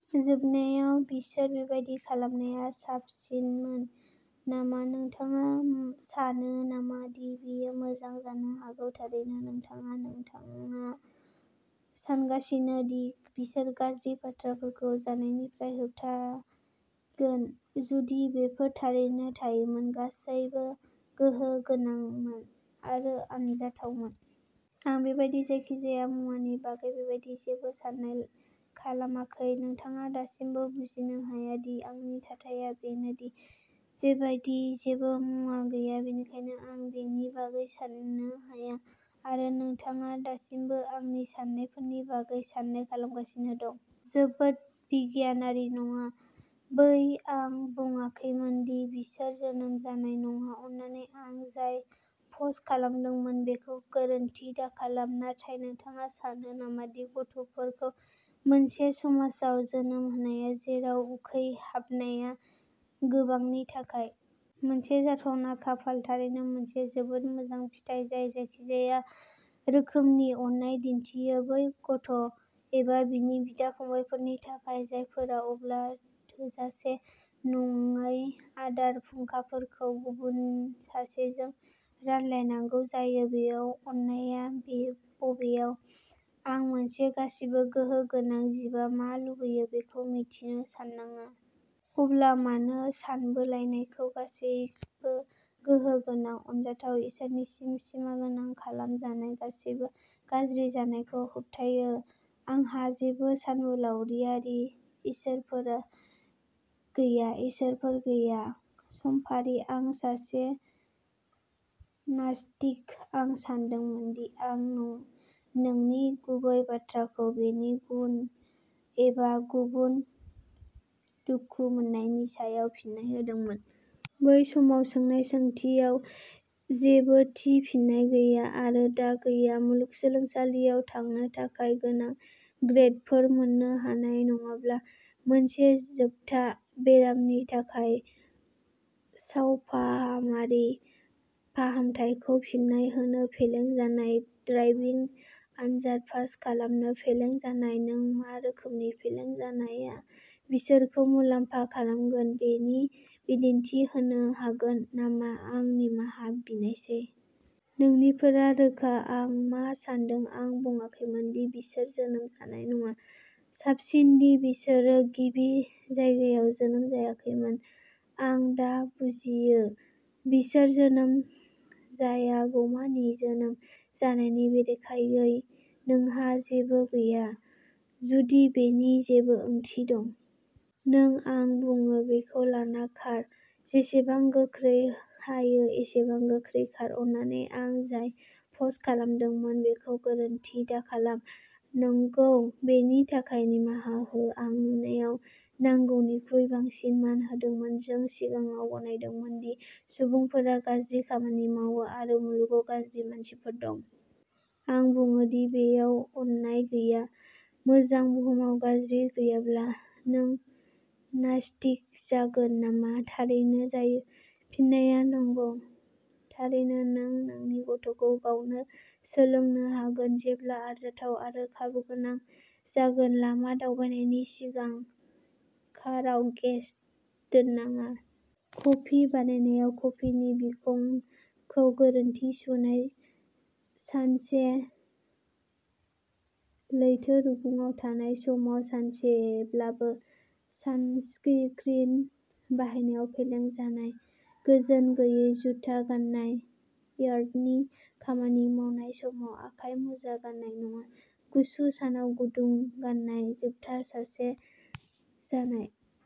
जोबनायाव बिसोर बेबादि खालामनाया साबसिनमोन नामा नोंथाङा सानो नामा दि बेयो मोजां जानो हागौ थारैनो नोंथाङा। नोंथाङा सानगासिनो दि बिसोर गाज्रि बाथ्राफोरखौ जानायनिफ्राय होबथायगोन जुदि बेफोर थारैनो थायोमोन, गासैबो गोहो गोनांमोन आरो अनजाथावमोन। आं बेबादि जायखिजाया मुवानि बागै बेबादि जेबो सान्नाय खालामाखै। नोंथाङा दासिमबो बुजिनो हाया दि आंनि थाथाया बेनो दि बेबादि जेबो मुवाया गैया, बेनिखायनो आं बेनि बागै सान्नो हाया। आरो नोंथाङा दासिमबो आंनि सान्नायफोरनि बागै सान्नाय खालामगासिनो दं। जोबोद बिगियानारि नङा, बै आं बुंङाखैमोन दि बिसोर जोनोम जानो नाङा। अन्नानै आं जाय पस्ट खालामदोंमोन बेखौ गोरोन्थि दाखालाम। नाथाय नोंथाङा सानो नामा दि गथ'फोरखौ मोनसे समाजाव जोनोम होनाया जेराव उखैहाबनाया गोबांनि थाखाय मोनसे जाथावना खाफाल, थारैनो मोनसे जोबोद मोजां फिथाय जाय जायखिजाया रोखोमनि अननाय दिन्थियो बै गथ' एबा बिनि बिदा-फंबायफोरनि थाखाय, जायफोरा अब्ला थोजासे नङै आदार फुंखाफोरखौ गुबुन सासेजों रानलायनांगौ जायो बेयाव अननायआ बबेयाव आं मोनसे गासैबो गोहो गोनां जिबआ मा लुबैयो बेखौ मिन्थिनो साननाङा। अब्ला मानो सानबोलायनायखौ गासैबो गोहो गोनां, अनजाथाव इसोरफोरसिम सिमागोनां खालाम जाय गासैबो गाज्रि जानायखौ होबथायो आंहा जेबो सानबोलावरियारि इसोरफोर गैया। इसोरफोर गैया। समफारि। आं सासे नास्तिक। आं सानदोंमोन दि आं नोंनि गुबै बाथ्राखौ बेनि गुन एबा गुबुन दुखु मोन्नायनि सायाव फिन्नाय होदोंमोन। बै समाव सोंनाय सोंथियाव जेबो थि फिननाय गैया। आरो दा गैया। मुलुगसोलोंसालियाव थांनो थाखाय गोनां ग्रेदफोर मोन्नो हानाय नङाब्ला मोनसे जोबथा बेरामनि थाखाय सावफाहामारि फाहामथायखौ फिन्नाय होनो फेलें जानाय ड्राइभिं आनजाद पास खालामनो फेलें जानाय नों मा रोखोमनि फेलें जानाया बिसोरखौ मुलाम्फा खालामगोन बेनि बिदिन्थि होनो हागोन नामा आं निमाहा बिनायसै। नोंनिफोरा रोखा। आं मा सान्दों आं बुंङाखैमोन दि बिसोर जोनोम जानो नाङा। साबसिन दि बिसोरो गिबि जायगायाव जोनोम जायाखैमोन। आं दा बुजियो। बिसोर जोनोम जायागौमानि जोनोम जानायनि बेरेखायै नोंहा जेबो गैया। जुदि बेनि जेबो ओंथि दं। नों, आं बुङो, बेखौ लाना खार, जेसेबां गोख्रै हायो एसेबां गोख्रै खार। अन्नानै आं जाय पस्ट खालामदोंमोन बेखौ गोरोन्थि दाखालाम। नंगौ, बेनि थाखाय निमाहा हो। आं नुनायाव नांगौनिख्रुइ बांसिन मान होदोंमोन। जों सिगाङाव गनायदोंमोन दि सुबुंफोरा गाज्रि खामानि मावो आरो मुलुगाव गाज्रि मानसिफोर दं। आं बुङो दि बेयाव अननाय गैया। मोजां। बुहुमाव गाज्रि गैयाब्ला, नों नास्तिक जागोन नामा? थारैनो जायो। फिननाया नंगौ। थारैनो नों नोंनि गथ'खौ गावनो सोलोंनो होगोन, जेब्ला आरजाथाव आरो खाबुगोनां जागोन। लामा दावबायनायनि सिगां काराव गेस दोनाङा। कफि बानायनायाव कफिनि बिखंखौ गोरोन्थि सुनाय। सानसे लैथो रुगुङाव थानाय समाव सानसेब्लाबो सानस्क्रिन बाहायनायाव फेलें जानाय। गोजोन गैयै जुता गान्नाय। यार्डनि खामानि मावनाय समाव आखाइ मुजा गान्नाय नङा। गुसु सानाव गुदुं गाननाय। जोबथा सासे जानाय।